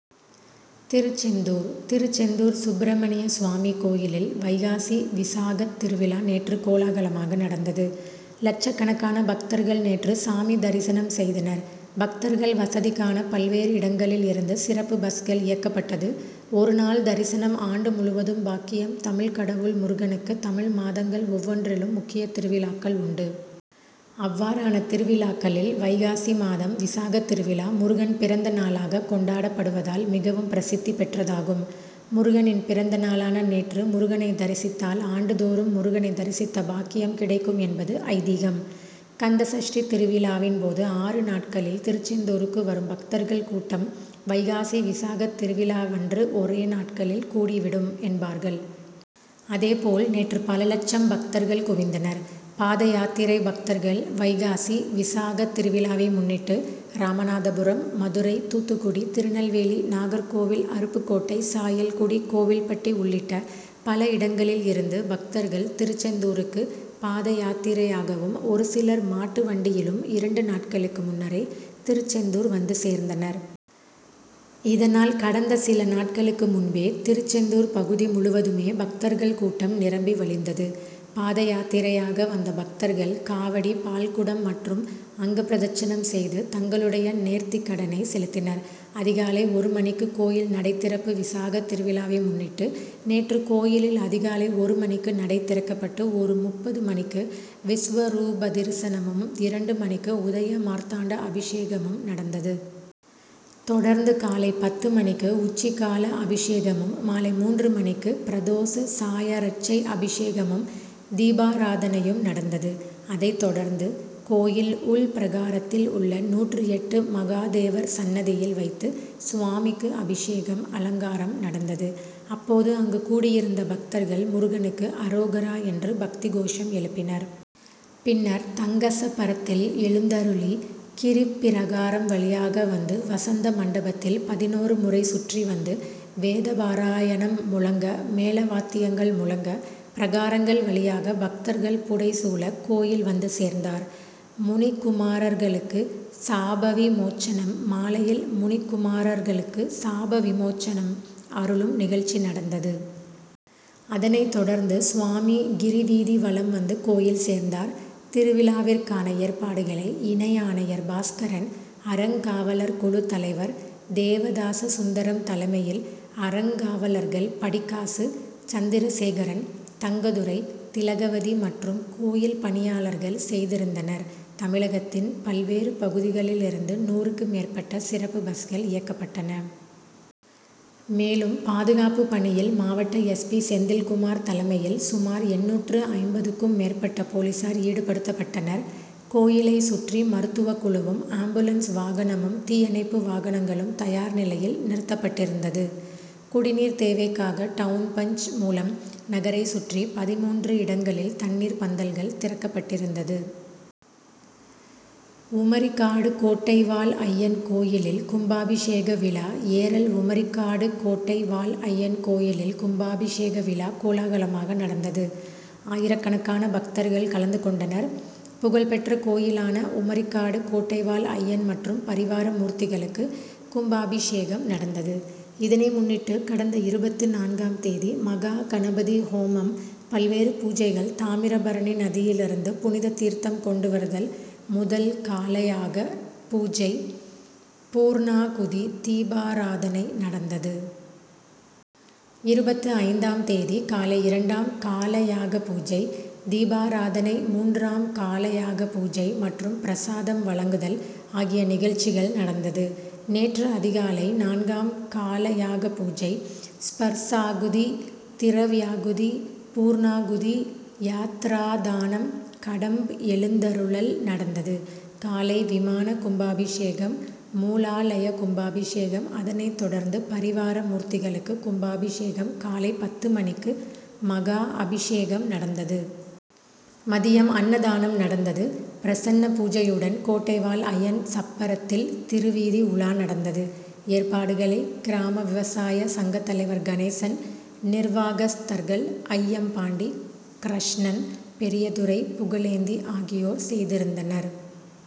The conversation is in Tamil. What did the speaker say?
திருச்செந்தூர் திருச்செந்தூர் சுப்பிரமணியசுவாமி கோயிலில் வைகாசி விசாகத் திருவிழா நேற்று கோலாகலமாக நடந்தது. லட்சக்கணக்கான பக்தர்கள் நேற்று சாமி தரிசனம் செய்த னர். பக்தர்கள் வசதிக்கான பல்வேறு இடங்களில் இருந்து சிறப்பு பஸ்கள் இயக்கப்பட்டது. ஒரு நாள் தரிசனம் ஆண்டு முழுவதும் பாக்கியம் தமிழ்க்கடவுள் முருகனுக்கு தமிழ் மாதங்கள் ஒவ்வொன்றிலும் முக்கிய திருவிழாக்கள் உண்டு. அவ்வாறான திருவிழாக்களில் வைகாசி மாதம் விசாகத்திருவிழா முருகன் பிறந்தநாளாக கொண்டாடப்படுவதால் மிகவும் பிரசித்தி பெற்றதாகும். முருகனின் பிறந்த நாளான நேற்று முருகனை தரிசித் தால் ஆண்டுதோறும் முரு கனை தரிசித்த பாக்கியம் கிடைக்கும் என்பது ஐதீகம். கந்த சஷ்டி திருவிழாவின் போது ஆறு நாட்களில் திருச்செந்தூருக்கு வரும் பக்தர்கள் கூட்டம் வைகாசி விசாகத்திருவிழாவன்று ஒரே நாட்களில் கூடிவிடும் என்பார்கள். அதே போல் நேற்று பல லட்சம் பக்தர்கள் குவிந்தனர். பாதயாத்திரை பக்தர்கள் வைகாசி விசாக திருவிழாவை முன்னிட்டு ராமநாதபுரம், மதுரை, தூத்துக்குடி, திருநெல்வேலி, நாகர்கோவில், அருப்புக்கோட்டை, சாயல்குடி, கோவில்பட்டி உள்ளிட்ட பல இடங்களில் இருந்து பக்தர்கள் திருச்செந்தூருக்கு பாதயாத்திரையாகவும் ஒருசிலர் மாட்டுவண்டியிலும் இரண்டு நாட்களுக்கு முன்னரே திருச்செந்தூர் வந்து சேர்ந்தனர். இதனால் கடந்த சில நாட்களுக்கு முன்பே திருச்செந்தூர் பகுதி முழுவதுமே பக்தர்கள் கூட்டம் நிரம்பி வழிந்தது. பாத யாத்திரையாக வந்த பக்தர்கள் காவடி, பால்குடம் மற் றும் அங்கபிரதட்சணம் செய்து தங்களுடைய நேர்த்திகடனை செலுத்தினர். அதிகாலை ஒரு மணிக்கு கோயில் நடைதிறப்பு விசாக திருவிழாவை முன்னிட்டு நேற்று கோயிலில் அதிகாலை ஒரு மணிக்கு நடை திறக்கப்பட்டு ஒரு முப்பது மணிக்கு விஸ்வரூபதரிசனமும், இரண்டு மணிக்கு உதய மார்த்தாண்ட அபிஷேகமும் நடந்தது. தொடர்ந்து காலை பத்து மணிக்கு உச்சிகால அபிஷேகமும், மாலை மூன்று மணிக்கு பிரதோச சாயரட்சை அபிஷேகமும், தீபாராதனையும் நடந்தது. அதைத் தொடர்ந்து கோயில் உள்பிரகாரத்தில் உள்ள நூற்று எட்டு மகாதேவர் சன்னதியில் வைத்து சுவாமிக்கு அபிஷேகம், அலங்காரம் நடந்தது. அப்போது அங்கு கூடியிருந்த பக்தர்கள் முருகனுக்கு அரோகரா என்று பக்தி கோஷம் எழுப்பினர். பின்னர் தங்கசப்பரத்தில் எழுந்தருளி கிரிப்பிரகாரம் வழியாக வந்து வசந்த மண்டபத்தில் பதினொரு முறை சுற்றி வந்து வேதபாராயணம் முழங்க, மேள வாத்தியங்கள் முழங்க பிரகாரங்கள் வழியாக பக்தர்கள் புடை சூழ கோயில் வந்து சேர்ந்தார். முனிகுமாரர்களுக்கு சாபவிமோச்சனம் மாலையில் முனிக்குமாரர்களுக்கு சாப விமோச்சனம் அருளும் நிகழ்ச்சி நடந்தது. அதனைத் தொடர்ந்து சுவாமி கிரிவீதி வலம் வந்து கோயில் சேர்ந்தார். திருவிழாவிற்கான ஏற்பாடுகளை இணை ஆணையர் பாஸ்கரன், அறங்காவலர் குழுத் தலைவர் தேவதாசசுந்தரம் தலைமையில் அறங்காவலர்கள், படிக்காசு, சந்திரசேகரன், தங்கத்துரை, திலகவதி மற்றும் கோயில் பணியாளர்கள் செய்திருந்தனர். தமிழகத்தின் பல்வேறு பகுதிகளிலிருந்து நூறுக்கு மேற்பட்ட சிறப்பு பஸ்கள் இயக்கப்பட்டன. மேலும் பாதுகாப்பு பணியில் மாவட்ட எஸ் பி.,செந்தில்குமார் தலைமையில் சுமார் எண்ணூற்று ஐம்பதுக்கும் மேற்பட்ட போலீசார் ஈடுபடுத்தப்பட்டனர். கோயிலைச் சுற்றி மருத்துவக்குழுவும், ஆம்புலன்ஸ் வாகனமும், தீயணைப்பு வாகனங்களும் தயார் நிலையில் நிறுத்தப்பட்டிருந்தது. குடிநீர் தேவைக்காக டவுன் பஞ்.,மூலம் நகரைச் சுற்றி பதின்மூன்று இடங்களில் தண்ணீர் பந்தல்கள் திறக்கப்பட்டிருந்தது. உமரிக்காடு கோட்டை வாழ் ஐயன் கோயிலில் கும்பாபிஷேக விழா ஏரல் உமரிக்காடு கோட்டை வாழ் ஐயன் கோயிலில் கும்பாபிஷேக விழா கோலாகலமாக நடந்தது. ஆயிரக்கணக்கான பக்தர்கள் கலந்து கொண்டனர். புகழ் பெற்ற கோயிலானா உமரிக்காடு கோட்டைவாழ் ஐயன் மற்றும் பரிவார மூர்த்திகளுக்கு கும்பாபிஷேகம் நடந்தது. இதனை முன்னிட்டு கடந்த இருபத்து நான்காம் தேதி மகா கணபதி ஹோமம், பல்வேறு பூஜைகள் தாமிரபரணி நதியிலிருந்து புனித தீர்த்தம் கொண்டு வருதல், முதல் கால யாக பூஜை, பூர்ணாகுதி, தீபாராதனை, நடந்தது. இருபத்து ஐந்தாம் தேதி காலை இரண்டாம் காலயாகபூஜை, தீபாராதனை, மூன்றாம் காலயாக பூஜை மற்றும் பிரசாதம் வழங்குதல் ஆகிய நிகழ்ச்சிகள் நடந்தது. நேற்று அதிகாலை நான்காம் கால யாகபூஜை, ஸ்பர்சாகுதி, திரவ்யாகுதி, பூர்ணாகுதி, யாத்ராதானம், கடம் எழுந்தருளல் நடந்தது. காலை விமான கும்பாபிஷேகம், மூலாலய கும்பாபிஷேகம், அதனை தொடர்ந்து பரிவார மூர்த்திகளுக்கு கும்பாபிஷேகம் காலை பத்து மணிக்கு மகா அபிஷேகம் நடந்தது. மதியம் அன்னதானம் நடந்தது. பிரசன்ன பூஜையுடன் கோட்டைவாழ் ஐயன் சப்பரத்தில் திருவீதி உலா நடந்தது. ஏற்பாடுகளை கிராம விவசாய சங்க தலைவர் கணேசன் நிர்வாகஸ்தர்கள், அய்யம்பாண்டி, கிரஷ்ணன், பெரியதுரை, புகழேந்தி ஆகியோர் செய்திருந்தனர்.